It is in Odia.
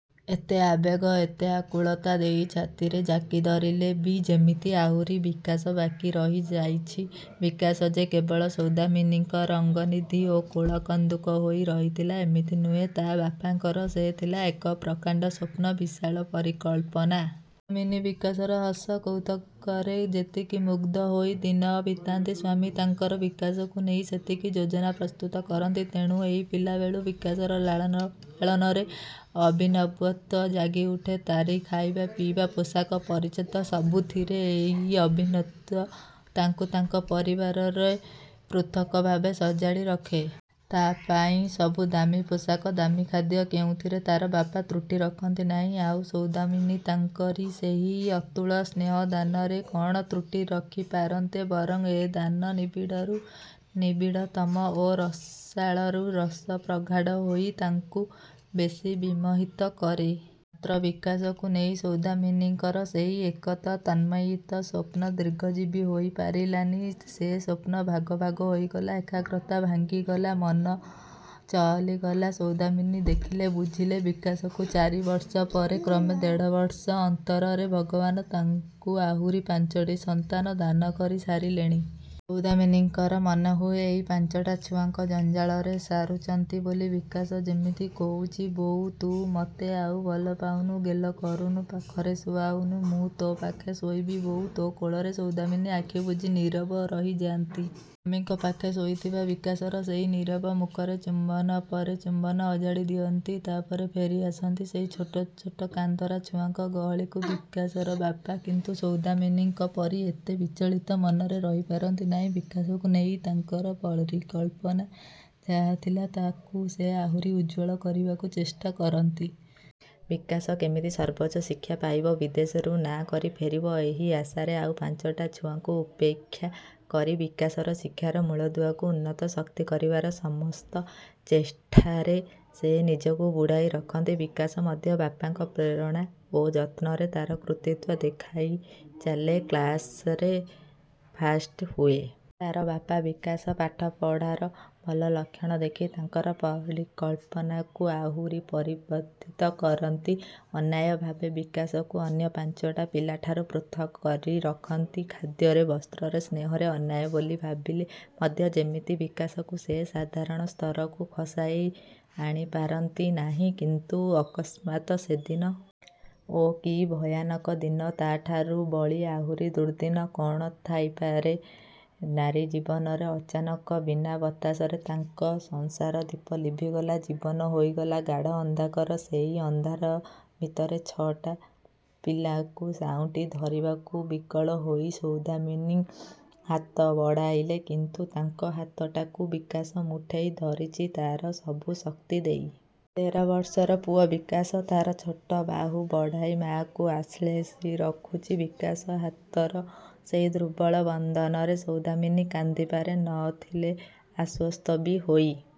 ଏତେ ଆବେଗ, ଏତେ ଆକୁଳତା ଦେଇ ଛାତିରେ ଜାକି ଧରିଲେ ବି ଯେମିତି ଆହୁରି ବିକାଶ ବାକି ରହି ଯାଉଛି। ବିକାଶ ଯେ କେବଳ ସୌଦାମିନୀଙ୍କ ରଙ୍କନିଧି ଓ କୋଳ କନ୍ଦୁକ ହୋଇ ରହିଥିଲା, ଏମିତି ନୁହେଁ, ତା ବାପାଙ୍କର ସେ ଥିଲା ଏକ ପ୍ରକାଣ୍ଡ ସ୍ୱପ୍ନ, ବିଶାଳ ପରିକଳ୍ପନା। ସୌଦାମିନୀ ବିକାଶର ହସ କୌତୁକରେ ଯେତିକି ମୁଗ୍ଧ ହୋଇ ଦିନ ବିତାନ୍ତି, ସ୍ୱାମୀ ତାଙ୍କର ବିକାଶକୁ ନେଇ ସେତିକି ଯୋଜନା ପ୍ରସ୍ତୁତ କରନ୍ତି। ତେଣୁ ଏହି ପିଲାବେଳୁ ବିକାଶର ଲାଳନପାଳନରେ ଅଭିନବତ୍ଵ ଜାଗି ଉଠେ। ତାରି ଖାଇବା, ପିଇବା, ପୋଷାକ, ପରିଚ୍ଛଦ ସବୁଥିରେ ଏହି ଅଭିନବତ୍ଵ ତାଙ୍କୁ ତାଙ୍କ ପରିବାରରେ ପୃଥକ ଭାବେ ସଜାଡ଼ି ରଖେ। ତା ପାଇଁ ସବୁ ଦାମୀ ପୋଷାକ, ଦାମୀ ଖାଦ୍ୟ କେଉଁଥିରେ ତାର ବାପା ତ୍ରୁଟି ରଖନ୍ତି ନାହିଁ। ଆଉ ସୌଦାମିନୀ, ତାଙ୍କରି ସେହି ଅତୁଳ ସ୍ନେହ ଦାନରେ କଣ ତ୍ରୁଟି ରଖି ପାରନ୍ତେ? ବରଂ ଏ ଦାନ ନିବିଡ଼ରୁ ନିବିଡ଼ ତମ ଓ ରସାଳରୁ ରସ ପ୍ରଗାଢ଼ ହୋଇ ତାଙ୍କୁ ବେଶୀ ବିମୋହିତ କରେ। ମାତ୍ର ବିକାଶକୁ ନେଇ ସୌଦାମିନୀଙ୍କର ସେହି ଏକକ ତନ୍ମୟିତ ସ୍ୱପ୍ନ ଦୀର୍ଘଜୀବୀ ହୋଇ ପାରିଲାନି। ସେ ସ୍ୱପ୍ନ ଭାଗ ଭାଗ ହୋଇଗଲା, ଏକାଗ୍ରତା ଭାଙ୍ଗିଗଲା। ମନ ଚହଲି ଗଲା । ସୌଦାମିନୀ ଦେଖିଲେ, ବୁଝିଲେ, ବିକାଶକୁ ଚାରି ବର୍ଷ ପରେ କ୍ରମେ ଦେଢ଼ ବର୍ଷ ଅନ୍ତରରେ ଭଗବାନ ତାଙ୍କୁ ଆହୁରି ପାଞ୍ଚଟି ସନ୍ତାନ ଦାନ କରି ସାରିଲେଣି। ସୌଦାମିନୀଙ୍କର ମନେହୁଏ, ଏଇ ପାଞ୍ଚଟା ଛୁଆଙ୍କ ଜଞ୍ଜାଳରେ ସାରୁଚନ୍ତି ବୋଲି ବିକାଶ ଯେମିତି କହୁଚି ବୋଉ, ତୁ ମତେ ଆଉ ଭଲ ପାଉନୁ, ଗେଲ କରୁନୁ, ପାଖରେ ଶୁଆଉନୁ । ମୁଁ ତୋ ପାଖେ ଶୋଇବି ବୋଉ, ତୋ କୋଳରେ। ସୌଦାମିନୀ ଆଖି ବୁଜି ନୀରବ ରହିଯାନ୍ତି। ସ୍ଵାମୀଙ୍କ ପାଖେ ଶୋଇଥିବା ବିକାଶର ସେହି ନୀରବ ମୁଖରେ ଚୁମ୍ବନ ପରେ ଚୁମ୍ବନ ଅଜାଡ଼ି ଦିଅନ୍ତି। ତାପରେ ଫେରି ଆସନ୍ତି ସେଇ ଛୋଟ ଛୋଟ କାନ୍ଦରା ଛୁଆଙ୍କ ଗହଳିକୁ। ବିକାଶର ବାପା କିନ୍ତୁ ସୌଦାମିନୀଙ୍କ ପରି ଏତେ ବିଚଳିତ ମନରେ ରହିପାରନ୍ତି ନାହିଁ। ବିକାଶକୁ ନେଇ ତାଙ୍କର ପରିକଳ୍ପନା ଯାହା ଥିଲା ତାକୁ ସେ ଆହୁରି ଉଜ୍ଜ୍ୱଳ କରିବାକୁ ଚେଷ୍ଟା କରନ୍ତି। ବିକାଶ କେମିତି ସର୍ବୋଚ୍ଚ ଶିକ୍ଷା ପାଇବ, ବିଦେଶରୁ ନାଁ କରି ଫେରିବ, ଏହି ଆଶାରେ ଆଉ ପାଞ୍ଚଟା ଛୁଆଙ୍କୁ ଉପେକ୍ଷା କରି, ବିକାଶର ଶିକ୍ଷାର ମୂଳଦୁଆକୁ ଉନ୍ନତ, ଶକ୍ତି କରିବାର ସମସ୍ତ ଚେଷ୍ଠାରେ ସେ ନିଜକୁ ବୁଡ଼ାଇ ରଖନ୍ତି। ବିକାଶ ମଧ୍ୟ ବାପାଙ୍କ ପ୍ରେରଣା ଓ ଯତ୍ନରେ ତାର କୃତିତ୍ୱ ଦେଖାଇ ଚାଲେ, କ୍ଲାସରେ ଫାଷ୍ଟ ହୁଏ। ତାର ବାପା, ବିକାଶ ପାଠପଢ଼ାର ଭଲ ଲକ୍ଷଣ ଦେଖି ତାଙ୍କର ପରିକଳ୍ପନାକୁ ଆହୁରି ପରିବର୍ଦ୍ଧିତ କରନ୍ତି। ଅନ୍ୟାୟ ଭାବେ ବିକାଶକୁ ଅନ୍ୟ ପାଞ୍ଚଟା ପିଲାଠାରୁ ପୃଥକ କରି ରଖନ୍ତି, ଖାଦ୍ୟରେ, ବସ୍ତ୍ରରେ, ସ୍ନେହରେ। ଅନ୍ୟାୟ ବୋଲି ଭାବିଲେ ମଧ୍ୟ ଯେମିତି ବିକାଶକୁ ସେ ସାଧାରଣ ସ୍ତରକୁ ଖସାଇ ଆଣି ପାରନ୍ତି ନାହିଁ କିନ୍ତୁ ଅକସ୍ମାତ ସେଦିନ। ଓଃ, ସେ କି ଭୟାନକ ଦିନ ତାଠାରୁ ବଳି ଆହୁରି ଦୁର୍ଦ୍ଦିନ କଣ ଥାଇପାରେ ନାରୀ ଜୀବନରେ? ଅଚାନକ ବିନା ବତାସରେ ତାଙ୍କ ସଂସାରଦୀପ ଲିଭିଗଲା । ଜୀବନ ହୋଇଗଲା ଗାଢ଼ ଅନ୍ଧକାର। ସେହି ଅନ୍ଧାର ଭିତରେ ଛ ଟା ପିଲାଙ୍କୁ ସାଉଁଟି ଧରିବାକୁ ବିକଳ ହୋଇ ସୌଦାମିନୀ ହାତ ବଢ଼ାଇଲେ କିନ୍ତୁ ତାଙ୍କ ହାତଟାକୁ ବିକାଶ ମୁଠେଇ ଧରିଚି, ତାର ସବୁ ଶକ୍ତି ଦେଇ। ତେର ବର୍ଷର ପୁଅ ବିକାଶ। ତାର ଛୋଟ ବାହୁ ବଢ଼ାଇ ମାଆକୁ ଆଶ୍ଳେଷି ରଖୁଛି। ବିକାଶ ହାତର ସେହି ଦୁର୍ବଳ ବନ୍ଧନରେ ସୌଦାମିନୀ କାନ୍ଦିପାରି ନ ଥିଲେ। ଆଶ୍ଵସ୍ତ ବି ହୋଇ